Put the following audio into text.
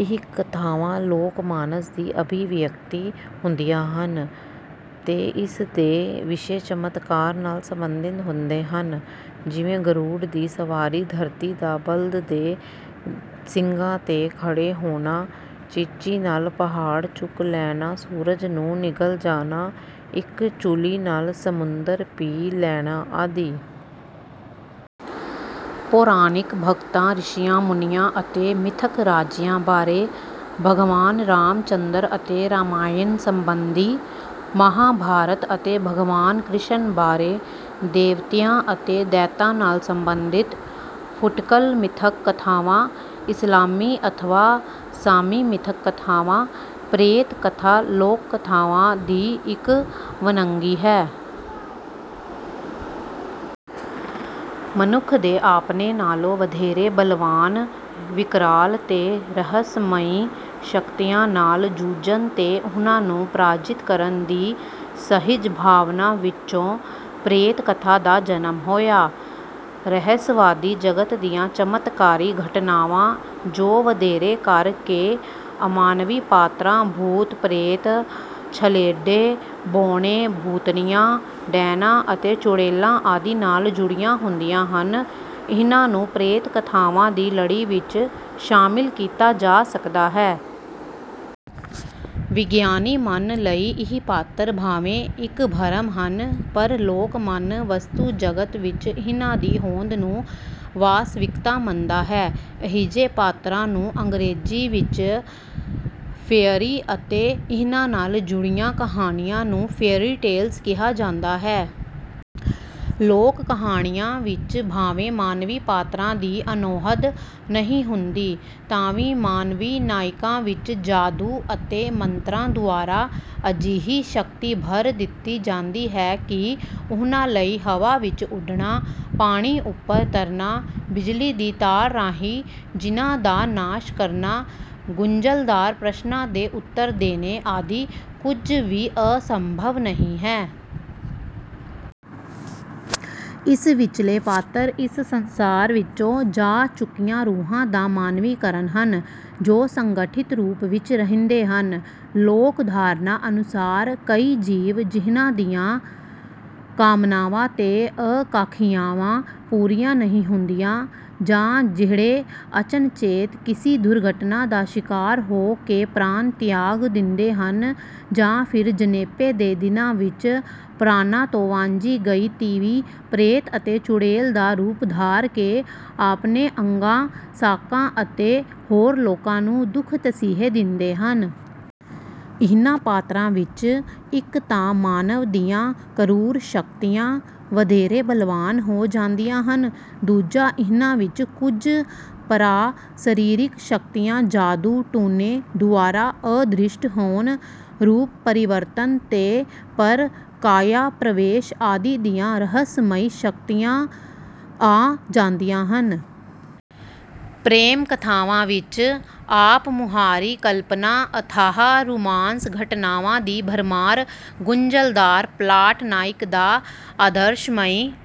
ਇਹ ਕਥਾਵਾਂ ਲੋਕ ਮਾਨਸ ਦੀ ਅਭਿਵਿਅਕਤੀ ਹੁੰਦੀਆਂ ਹਨ ਤੇ ਇਸ ਦੇ ਵਿਸ਼ੇ ਚਮਤਕਾਰ ਨਾਲ ਸਬੰਧਿਤ ਹੁੰਦੇ ਹਨ। ਜਿਵੇਂ ਗਰੁੜ ਦੀ ਸਵਾਰੀ ਧਰਤੀ ਦਾ ਬਲਦ ਦੇ ਸਿੰਗਾਂ ਤੇ ਖੜੇ ਹੋਣਾ ਚੀਚੀ ਨਾਲ ਪਹਾੜ ਚੁੱਕ ਲੈਣਾ ਸੂਰਜ ਨੂੰ ਨਿਗਲ ਜਾਣਾ ਇੱਕ ਚੁਲੀ ਨਾਲ ਸਮੁੰਦਰ ਪੀ ਲੈਣਾ ਆਦਿ। ਪੌਰਾਣਿਕ ਭਗਤਾਂ ਰਿਸ਼ੀਆਂ ਮੁਨੀਆਂ ਅਤੇ ਮਿੱਥਕ ਰਾਜਿਆਂ ਬਾਰੇ। ਭਗਵਾਨ ਰਾਮਚੰਦਰ ਅਤੇ ਰਾਮਾਇਣ ਸਬੰਧੀ। ਮਹਾਭਾਰਤ ਅਤੇ ਭਗਵਾਨ ਕ੍ਰਿਸ਼ਨ ਬਾਰੇ। ਦੇਵਤਿਆਂ ਅਤੇ ਦੈਂਤਾਂ ਨਾਲ ਸਬੰਧਿਤ। ਫੁੱਟਕਲ ਮਿੱਥਕ ਕਥਾਵਾਂ। ਇਸਲਾਮੀ ਅਥਵਾ ਸਾਮੀ ਮਿੱਥਕ ਕਥਾਵਾਂ। ਪ੍ਰੇਤ ਕਥਾ ਲੋਕ ਕਥਾਵਾਂ ਦੀ ਇੱਕ ਵੰਨਗੀ ਹੈ। ਮਨੁੱਖ ਦੇ ਆਪਣੇ ਨਾਲ਼ੋਂ ਵਧੇਰੇ ਬਲਵਾਨ ਵਿਕਰਾਲ ਤੇ ਰਹੱਸਮਈ ਸ਼ਕਤੀਆਂ ਨਾਲ਼ ਜੂਝਣ ਤੇ ਉਹਨਾਂ ਨੂੰ ਪ੍ਰਾਜਿਤ ਕਰਨ ਦੀ ਸਹਿਜ ਭਾਵਨਾ ਵਿੱਚੋਂ ਪ੍ਰੇਤ ਕਥਾ ਦਾ ਜਨਮ ਹੋਇਆ। ਰਹੱਸਵਾਦੀ ਜਗਤ ਦੀਆਂ ਚਮਤਕਾਰੀ ਘਟਨਾਵਾਂ ਜੋ ਵਧੇਰੇ ਕਰ ਕੇ ਅਮਾਨਵੀ ਪਾਤਰਾਂ ਭੂਤ ਪ੍ਰੇਤ ਛਲੇਡੇ ਬੌਣੇ ਭੂਤਨੀਆਂ ਡੈਣਾਂ ਅਤੇ ਚੁੜੇਲਾਂ ਆਦਿ ਨਾਲ਼ ਜੁੜੀਆਂ ਹੁੰਦੀਆਂ ਹਨ ਇਹਨਾਂ ਨੂੰ ਪ੍ਰੇਤ ਕਥਾਵਾਂ ਦੀ ਲੜੀ ਵਿੱਚ ਸ਼ਾਮਿਲ ਕੀਤਾ ਜਾ ਸਕਦਾ ਹੈ। ਵਿਗਿਆਨੀ ਮਨ ਲਈ ਇਹ ਪਾਤਰ ਭਾਵੇਂ ਇੱਕ ਭਰਮ ਹਨ ਪਰ ਲੋਕ ਮਨ ਵਸਤੂ ਜਗਤ ਵਿੱਚ ਇਹਨਾਂ ਦੀ ਹੋਂਦ ਨੂੰ ਵਾਸਤਵਿਕਤਾ ਮੰਨਦਾ ਹੈ। ਅਜਿਹੇ ਪਾਤਰਾਂ ਨੂੰ ਅੰਗਰੇਜ਼ੀ ਵਿੱਚ ਫੇਅਰੀ ਅਤੇ ਇਹਨਾਂ ਨਾਲ਼ ਜੁੜੀਆਂ ਕਹਾਣੀਆਂ ਨੂੰ ਫੇਅਰੀ ਟੇਲਜ਼ ਕਿਹਾ ਜਾਂਦਾ ਹੈ। ਲੋਕ ਕਹਾਣੀਆਂ ਵਿੱਚ ਭਾਵੇਂ ਮਾਨਵੀ ਪਾਤਰਾਂ ਦੀ ਅਣਹੋਂਦ ਨਹੀਂ ਹੁੰਦੀ ਤਾਂ ਵੀ ਮਾਨਵੀ ਨਾਇਕਾਂ ਵਿੱਚ ਜਾਦੂ ਅਤੇ ਮੰਤਰਾਂ ਦੁਆਰਾ ਅਜਿਹੀ ਸ਼ਕਤੀ ਭਰ ਦਿੱਤੀ ਜਾਂਦੀ ਹੈ ਕਿ ਉਹਨਾਂ ਲਈ ਹਵਾ ਵਿੱਚ ਉੱਡਣਾ ਪਾਣੀ ਉੱਪਰ ਤਰਨਾ ਬਿਜਲੀ ਦੀ ਤਾਰ ਰਾਹੀਂ ਜਿੰਨਾਂ ਦਾ ਨਾਸ਼ ਕਰਨਾ ਗੁੰਝਲਦਾਰ ਪ੍ਰਸ਼ਨਾਂ ਦੇ ਉੱਤਰ ਦੇਣੇ ਆਦਿ ਕੁੱਝ ਵੀ ਅਸੰਭਵ ਨਹੀਂ ਹੈ। ਇਸ ਵਿੱਚਲੇ ਪਾਤਰ ਇਸ ਸੰਸਾਰ ਵਿੱਚੋਂ ਜਾ ਚੁੱਕੀਆਂ ਰੂਹਾਂ ਦਾ ਮਾਨਵੀਕਰਨ ਹਨ ਜੋ ਸੰਗਠਿਤ ਰੂਪ ਵਿੱਚ ਰਹਿੰਦੇ ਹਨ। ਲੋਕ ਧਾਰਨਾ ਅਨੁਸਾਰ ਕਈ ਜੀਵ ਜਿਹਨਾਂ ਦੀਆਂ ਕਾਮਨਾਵਾਂ ਤੇ ਅਕਾਂਖਿਆਵਾਂ ਪੂਰੀਆਂ ਨਹੀਂ ਹੁੰਦੀਆਂ ਜਾਂ ਜਿਹੜੇ ਅਚਨਚੇਤ ਕਿਸੇ ਦੁਰਘਟਨਾ ਦਾ ਸ਼ਿਕਾਰ ਹੋ ਕੇ ਪ੍ਰਾਣ ਤਿਆਗ ਦਿੰਦੇ ਹਨ ਜਾਂ ਫਿਰ ਜਣੇਪੇ ਦੇ ਦਿਨਾਂ ਵਿੱਚ ਪ੍ਰਾਣਾਂ ਤੋਂ ਵਾਂਝੀ ਗਈ ਤੀਵੀਂ ਪ੍ਰੇਤ ਅਤੇ ਚੁੜੇਲ ਦਾ ਰੂਪ ਧਾਰ ਕੇ ਆਪਣੇ ਅੰਗਾਂ ਸਾਕਾਂ ਅਤੇ ਹੋਰ ਲੋਕਾਂ ਨੂੰ ਦੁੱਖ ਤਸੀਹੇ ਦਿੰਦੇ ਹਨ। ਇਹਨਾਂ ਪਾਤਰਾਂ ਵਿੱਚ ਇੱਕ ਤਾਂ ਮਾਨਵ ਦੀਆਂ ਕਰੂਰ ਸ਼ਕਤੀਆਂ ਵਧੇਰੇ ਬਲਵਾਨ ਹੋ ਜਾਂਦੀਆਂ ਹਨ। ਦੂਜਾ ਇਹਨਾਂ ਵਿੱਚ ਕੁੱਝ ਪਰਾ ਸਰੀਰਕ ਸ਼ਕਤੀਆਂ ਜਾਦੂ ਟੂਣੇ ਦੁਆਰਾ ਅਦ੍ਰਿਸ਼ਟ ਹੋਣ ਰੂਪ ਪਰਿਵਰਤਨ ਤੇ ਪਰ ਕਾਇਆ ਪ੍ਰਵੇਸ਼ ਆਦਿ ਦੀਆਂ ਰਹੱਸਮਈ ਸ਼ਕਤੀਆਂ ਆ ਜਾਂਦੀਆਂ ਹਨ। ਪ੍ਰੇਤ ਕਥਾਵਾਂ ਵਿੱਚ ਆਪ ਮੁਹਾਰੀ ਕਲਪਨਾ ਅਥਾਹ ਰੁਮਾਂਸ ਘਟਨਾਵਾਂ ਦੀ ਭਰਮਾਰ ਗੁੰਝਲਦਾਰ ਪਲਾਟ ਨਾਇਕ ਦਾ ਆਦਰਸ਼ਮਈ